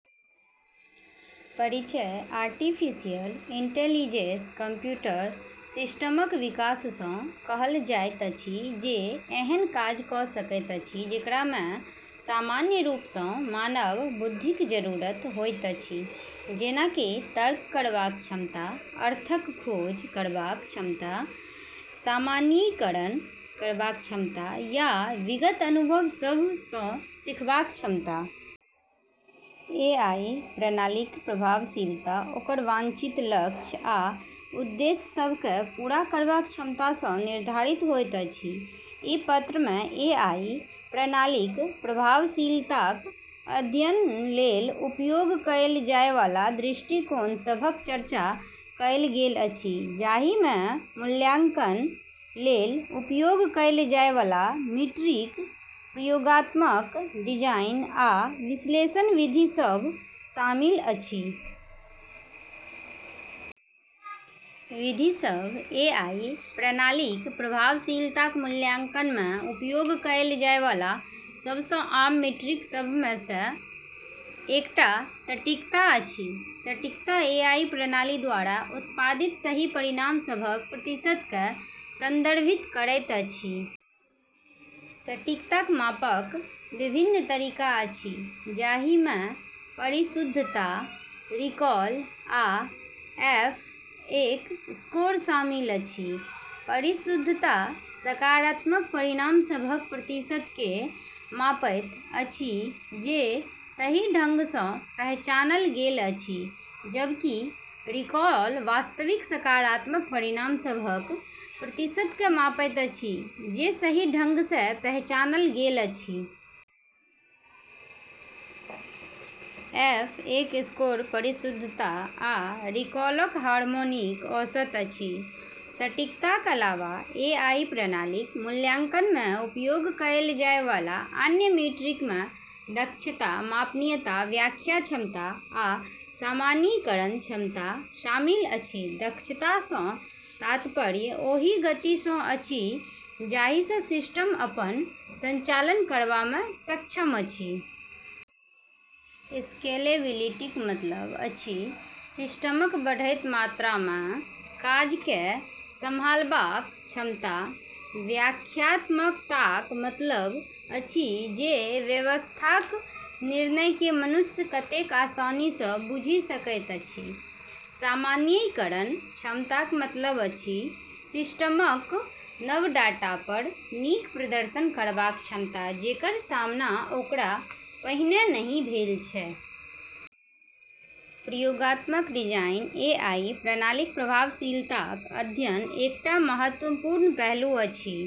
परिचय artificial intelligence computer सिस्टमक विकास सँ कहल जाइत अछि जे एहन काज कऽ सकैत अछि जेकरा मे सामान्य रूप सँ मानव बुद्धिक जरूरत होइत अछि, जेना कि तर्क करबाक क्षमता, अर्थक खोज करबाक क्षमता, सामान्यीकरण करबाक क्षमता या विगत अनुभव सभ सँ सीखबाक क्षमता। एआई प्रणालीक प्रभावशीलता ओकर वांछित लक्ष्य आ उद्देश्य सभ केँ पूरा करबाक क्षमता सँ निर्धारित होइत अछि। ई पत्र मे एआई प्रणालीक प्रभावशीलताक अध्ययन लेल उपयोग कएल जाए बला दृष्टिकोण सभक चर्चा कएल गेल अछि, जाहि मे मूल्यांकन लेल उपयोग कएल जाए बला मीट्रिक, प्रयोगात्मक डिजाइन, आ विश्लेषण विधि सभ शामिल अछि। विधि सभ एआई प्रणालीक प्रभावशीलताक मूल्यांकन मे उपयोग कएल जाए बला सब सँ आम मीट्रिक सभ मे सँ एकटा 'सटीकता' अछि। सटीकता एआई प्रणाली द्वारा उत्पादित सही परिणाम सभक प्रतिशत केँ संदर्भित करैत अछि। सटीकताक मापक विभिन्न तरीका अछि, जाहि मे परिशुद्धता, रिकॉल, आ एफ-एक स्कोर शामिल अछि। परिशुद्धता सकारात्मक परिणाम सभक प्रतिशत केँ मापैत अछि जे सही ढंग सँ पहचानल गेल अछि, जबकि रिकॉल वास्तविक सकारात्मक परिणाम सभक प्रतिशत केँ मापैत अछि जे सही ढंग सँ पहचानल गेल अछि। एफ-एक स्कोर परिशुद्धता आ रिकॉलक हार्मोनिक औसत अछि। सटीकताक अलावा, एआई प्रणालीक मूल्यांकन मे उपयोग कएल जाए बला अन्य मीट्रिक मे दक्षता, मापनीयता, व्याख्या क्षमता, आ सामान्यीकरण क्षमता शामिल अछि। दक्षता सँ तात्पर्य ओहि गति सँ अछि जाहि सँ सिस्टम अपन संचालन करबा मे सक्षम अछि। स्केलेबिलिटीक मतलब अछि सिस्टमक बढ़ैत मात्रा मे काज केँ सँभाळबाक क्षमता। व्याख्यात्मकताक मतलब अछि जे व्यवस्थाक निर्णय केँ मनुष्य कतेक आसानी सँ बुझि सकैत अछि। सामान्यीकरण क्षमताक मतलब अछि सिस्टमक नव डाटा पर नीक प्रदर्शन करबाक क्षमता जेकर सामना ओकरा पहिने नहि भेल छै। प्रयोगात्मक डिजाइन एआई प्रणालीक प्रभावशीलताक अध्ययनक एकटा महत्वपूर्ण पहलू अछि।